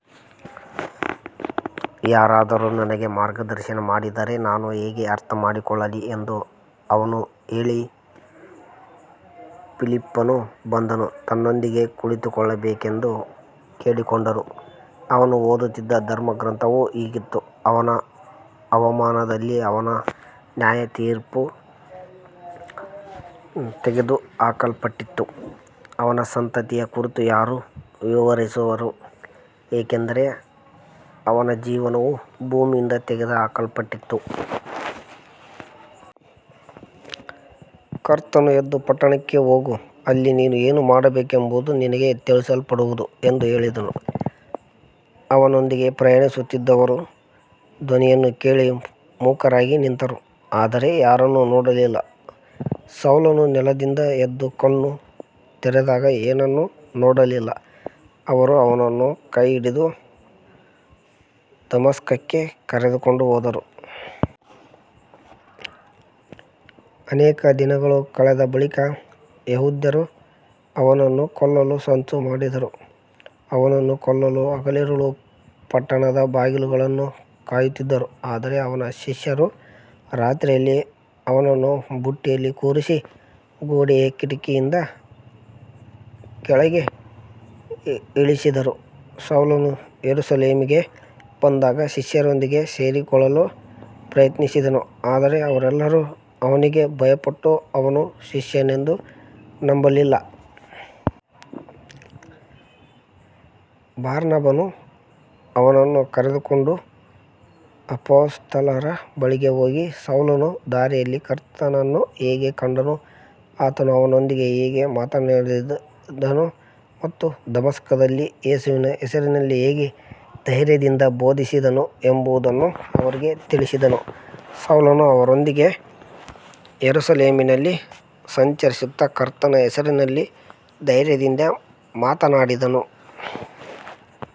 ಯಾರಾದರೂ ನನಗೆ ಮಾರ್ಗದರ್ಶನ ಮಾಡದಿದ್ದರೆ ನಾನು ಹೇಗೆ ಅರ್ಥಮಾಡಿಕೊಳ್ಳಲಿ ಎಂದು ಅವನು ಕೇಳಿ, ಫಿಲಿಪ್ಪನು ಬಂದು ತನ್ನೊಂದಿಗೆ ಕುಳಿತುಕೊಳ್ಳಬೇಕೆಂದು ಕೇಳಿಕೊಂಡನು. ಅವನು ಓದುತ್ತಿದ್ದ ಧರ್ಮಗ್ರಂಥವು ಹೀಗಿತ್ತು, ಅವನ ಅವಮಾನದಲ್ಲಿ ಅವನ ನ್ಯಾಯತೀರ್ಪು ತೆಗೆದುಹಾಕಲ್ಪಟ್ಟಿತು, ಅವನ ಸಂತತಿಯ ಕುರಿತು ಯಾರು ವಿವರಿಸುವರು, ಏಕೆಂದರೆ ಅವನ ಜೀವವು ಭೂಮಿಯಿಂದ ತೆಗೆದುಹಾಕಲ್ಪಟ್ಟಿತು. ಕರ್ತನು, ಎದ್ದು ಪಟ್ಟಣಕ್ಕೆ ಹೋಗು, ಅಲ್ಲಿ ನೀನು ಏನು ಮಾಡಬೇಕೆಂಬುದು ನಿನಗೆ ತಿಳಿಸಲ್ಪಡುವುದು ಎಂದು ಹೇಳಿದನು. ಅವನೊಂದಿಗೆ ಪ್ರಯಾಣಿಸುತ್ತಿದ್ದವರು ಧ್ವನಿಯನ್ನು ಕೇಳಿ ಮೂಕರಾಗಿ ನಿಂತರು, ಆದರೆ ಯಾರನ್ನೂ ನೋಡಲಿಲ್ಲ. ಸೌಲನು ನೆಲದಿಂದ ಎದ್ದು ಕಣ್ಣು ತೆರೆದಾಗ ಏನನ್ನೂ ನೋಡಲಿಲ್ಲ. ಅವರು ಅವನನ್ನು ಕೈಹಿಡಿದು ದಮಸ್ಕಕ್ಕೆ ಕರೆದುಕೊಂಡು ಹೋದರು. ಅನೇಕ ದಿನಗಳು ಕಳೆದ ಬಳಿಕ ಯೆಹೂದ್ಯರು ಅವನನ್ನು ಕೊಲ್ಲಲು ಸಂಚು ಮಾಡಿದರು. ಅವನನ್ನು ಕೊಲ್ಲಲು ಹಗಲಿರುಳು ಪಟ್ಟಣದ ಬಾಗಿಲುಗಳನ್ನು ಕಾಯುತ್ತಿದ್ದರು. ಆದರೆ ಅವನ ಶಿಷ್ಯರು ರಾತ್ರಿಯಲ್ಲಿ ಅವನನ್ನು ಬುಟ್ಟಿಯಲ್ಲಿ ಕೂರಿಸಿ ಗೋಡೆಯ ಕಿಟಕಿಯಿಂದ ಕೆಳಗೆ ಇಳಿಸಿದರು. ಸೌಲನು ಯೆರೂಸಲೇಮಿಗೆ ಬಂದಾಗ ಶಿಷ್ಯರೊಂದಿಗೆ ಸೇರಿಕೊಳ್ಳಲು ಪ್ರಯತ್ನಿಸಿದನು, ಆದರೆ ಅವರೆಲ್ಲರೂ ಅವನಿಗೆ ಭಯಪಟ್ಟರು, ಅವನು ಶಿಷ್ಯನೆಂದು ನಂಬಲಿಲ್ಲ. ಬಾರ್ನಬನು ಅವನನ್ನು ಕರೆದುಕೊಂಡು ಅಪೊಸ್ತಲರ ಬಳಿಗೆ ಹೋಗಿ, ಸೌಲನು ದಾರಿಯಲ್ಲಿ ಕರ್ತನನ್ನು ಹೇಗೆ ಕಂಡನು, ಆತನು ಅವನೊಂದಿಗೆ ಹೇಗೆ ಮಾತನಾಡಿದನು ಮತ್ತು ದಮಸ್ಕದಲ್ಲಿ ಯೇಸುವಿನ ಹೆಸರಿನಲ್ಲಿ ಹೇಗೆ ಧೈರ್ಯದಿಂದ ಬೋಧಿಸಿದನು ಎಂಬುದನ್ನು ಅವರಿಗೆ ತಿಳಿಸಿದನು. ಸೌಲನು ಅವರೊಂದಿಗೆ ಯೆರೂಸಲೇಮಿನಲ್ಲಿ ಸಂಚರಿಸುತ್ತಾ ಕರ್ತನ ಹೆಸರಿನಲ್ಲಿ ಧೈರ್ಯದಿಂದ ಮಾತನಾಡಿದನು.